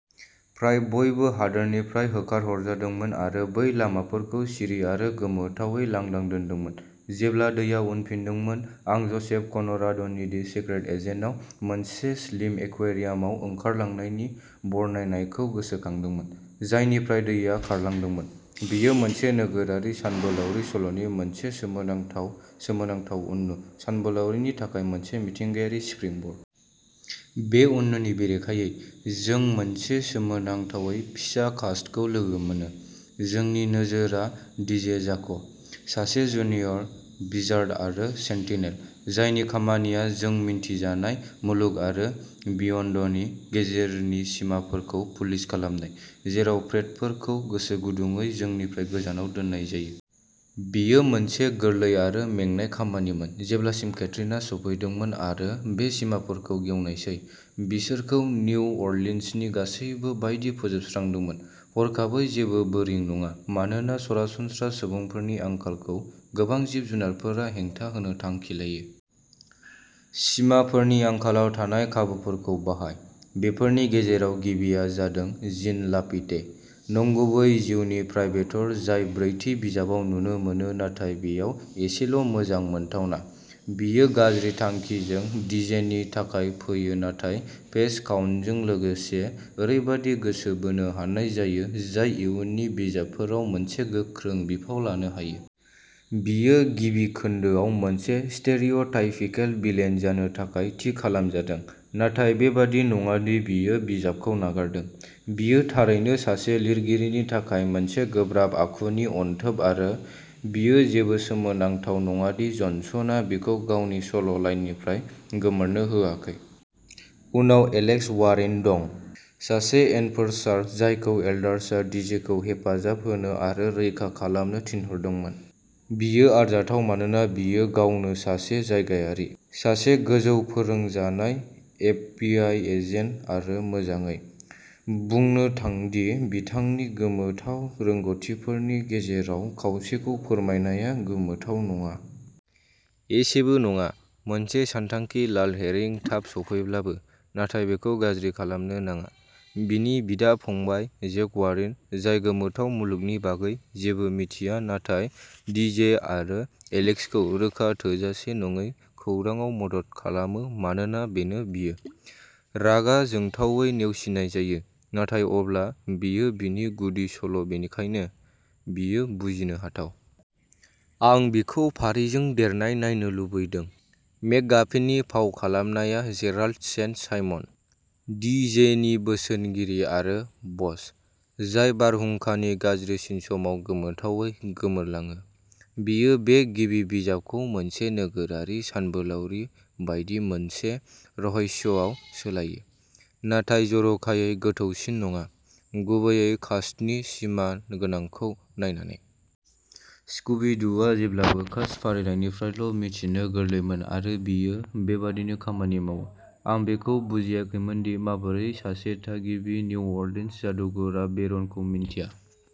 फ्राय बयबो हादोरनिफ्राय होखारहरजादोंमोन आरो बै लामाफोरखौ सिरि आरो गोमोथावै लांदां दोनदोंमोन। जेब्ला दैया उनफिनदोंमोन, आं ज'सेफ कनराड'नि'दि सिक्रेट एजेन्ट'आव' मोनसे स्लिम एक्वेरियामाव ओंखारलांनायनि बरनायनायखौ गोसोखांदोंमोन, जायनिफ्राय दैया खारलांदोंमोन। बेयो मोनसे नोगोरारि सानबोलावरि सल'नि मोनसे सोमोनांथाव सोमोनांथाव उननु, सानबोलावरिनि थाखाय मोनसे मिथिंगायारि स्प्रिंबर्ड। बे उननुनि बेरेखायै, जों मोनसे सोमोनांथावै फिसा कास्टखौ लोगो मोनो। जोंनि नोजोरआ डीजे जाक ', सासे जुनियर विजार्ड आरो सेन्तिनेल, जायनि खामानिया जों मिन्थिजानाय मुलुग आरो बियन्डनि गेजेरनि सिमाफोरखौ पुलिस खालामनाय, जेराव प्रेटफोर खौ गोसोगुदुंयै जोंनिफ्राय गोजानाव दोननाय जायो। बेयो मोनसे गोरलै आरो मेंनाय खामानिमोन जेब्लासिम केटरिना सौफैदोंमोन आरो बै सिमाफोरखौ गेवनायसै, बिसोरखौ निउ अरलिन्सनि गासैबो बायदि फोजोबस्रांदोंमोन। हरखाबै जेबो बोरिं नङा, मानोना सरासनस्रा सुबुंफोरनि आंखालखौ गोबां जिब-जुनारफोरा हेंथा होनो थांखि लायो। सिमाफोरनि आंखालाव थानाय खाबुफोरखौ बाहाय। बेफोरनि गेजेराव गिबिया जादों जीन लाफिते, नंगुबै जिउनि प्राइभेटर जाय ब्रैथि बिजाबाव नुनो मोनो नाथाय बेयाव एसेल' मोजां मोनथावना। बियो गाज्रि थांखिजों डीजेनि थाखाय फैयो नाथाय पेज काउन्टजों लोगोसे ओरैबायदि गोसो बोनो हानाय जायो जाय इयुननि बिजाबफोराव मोनसे गोख्रों बिफाव लानो हायो। बियो गिबि खोन्दोआव मोनसे स्टेरिअ'टाइपिकेल भिलेन जानो थाखाय थि खालामजादों, नाथाय बेबादि नङा दि बियो बिजाबखौ नागारदों; बियो थारैनो सासे लिरगिरिनि थाखाय मोनसे गोब्राब आखुनि अनथोब आरो बेयो जेबो सोमोनांथाव नङा दि जनसनआ बिखौ गावनि सल' लाइननिफ्राय गोमोरनो होआखै। उनाव एलेक्स वारिन दं, सासे एनफोर्सार जायखौ एल्डार्सआ डीजेखौ हेफाजाब होनो आरो रैखा खालामनो थिनहरदोंमोन। बियो आरजाथाव मानोना बियो गावनो सासे जायगायारि, सासे गोजौ फोरोंजानाय एफबीआई एजेन्ट आरो मोजाङै, बुंनो थां दि बिथांनि गोमोथाव रोंग'थिफोरनि गेजेराव खावसेखौ फोरमायनाया गोमोथाव नङा। एसेबो नङा, मोनसे सानथांखि लाल हेरिं थाब सौफैब्लाबो, नाथाय बेखौ गाज्रि खालामनो नाङा। बिनि बिदा-फंबाय, जेक वारिन, जाय गोमोथाव मुलुगनि बागै जेबो मिथिया नाथाय डि जे आरो एलेक्सखौ रोखा थोजासे नङै खौरांआव मदद खालामो मानोना बेनो बियो, रागा जोंथावै नेवसिनाय जायो, नाथाय अब्ला बेयो बिनि गुदि सल बेनिखायनो बेयो बुजिनो हाथाव। आं बिखौ फारिजों देरनाय नायनो लुबैदों। मेकगाफिननि फाव खालामनाया Gerald Saint Simon, D J नि बोसोनगिरि आरो ब'स, जाय बारहुंखानि गाज्रिसिन समाव गोमोथावै गोमोरलाङो। बेयो बे गिबि बिजाबखौ मोनसे नोगोरारि सानबोलावरि बायदि मोनसे रहस्यआव सोलायो, नाथाय जर'खायै गोथौसिन नङा, गुबैयै कास्टनि सिमा गोनांखौ नायनानै। स्कूबी डू'आ जेब्लाबो कास्ट फारिलाइनिफ्रायल' मिथिनो गोरलैमोन आरो बेयो बेबायदिनो खामानि मावो। आं बेखौ बुजियाखैमोनदि माबोरै सासे थागिबि निउ अरलिन्स जादुगरआ बेरनखौ मिन्थिया।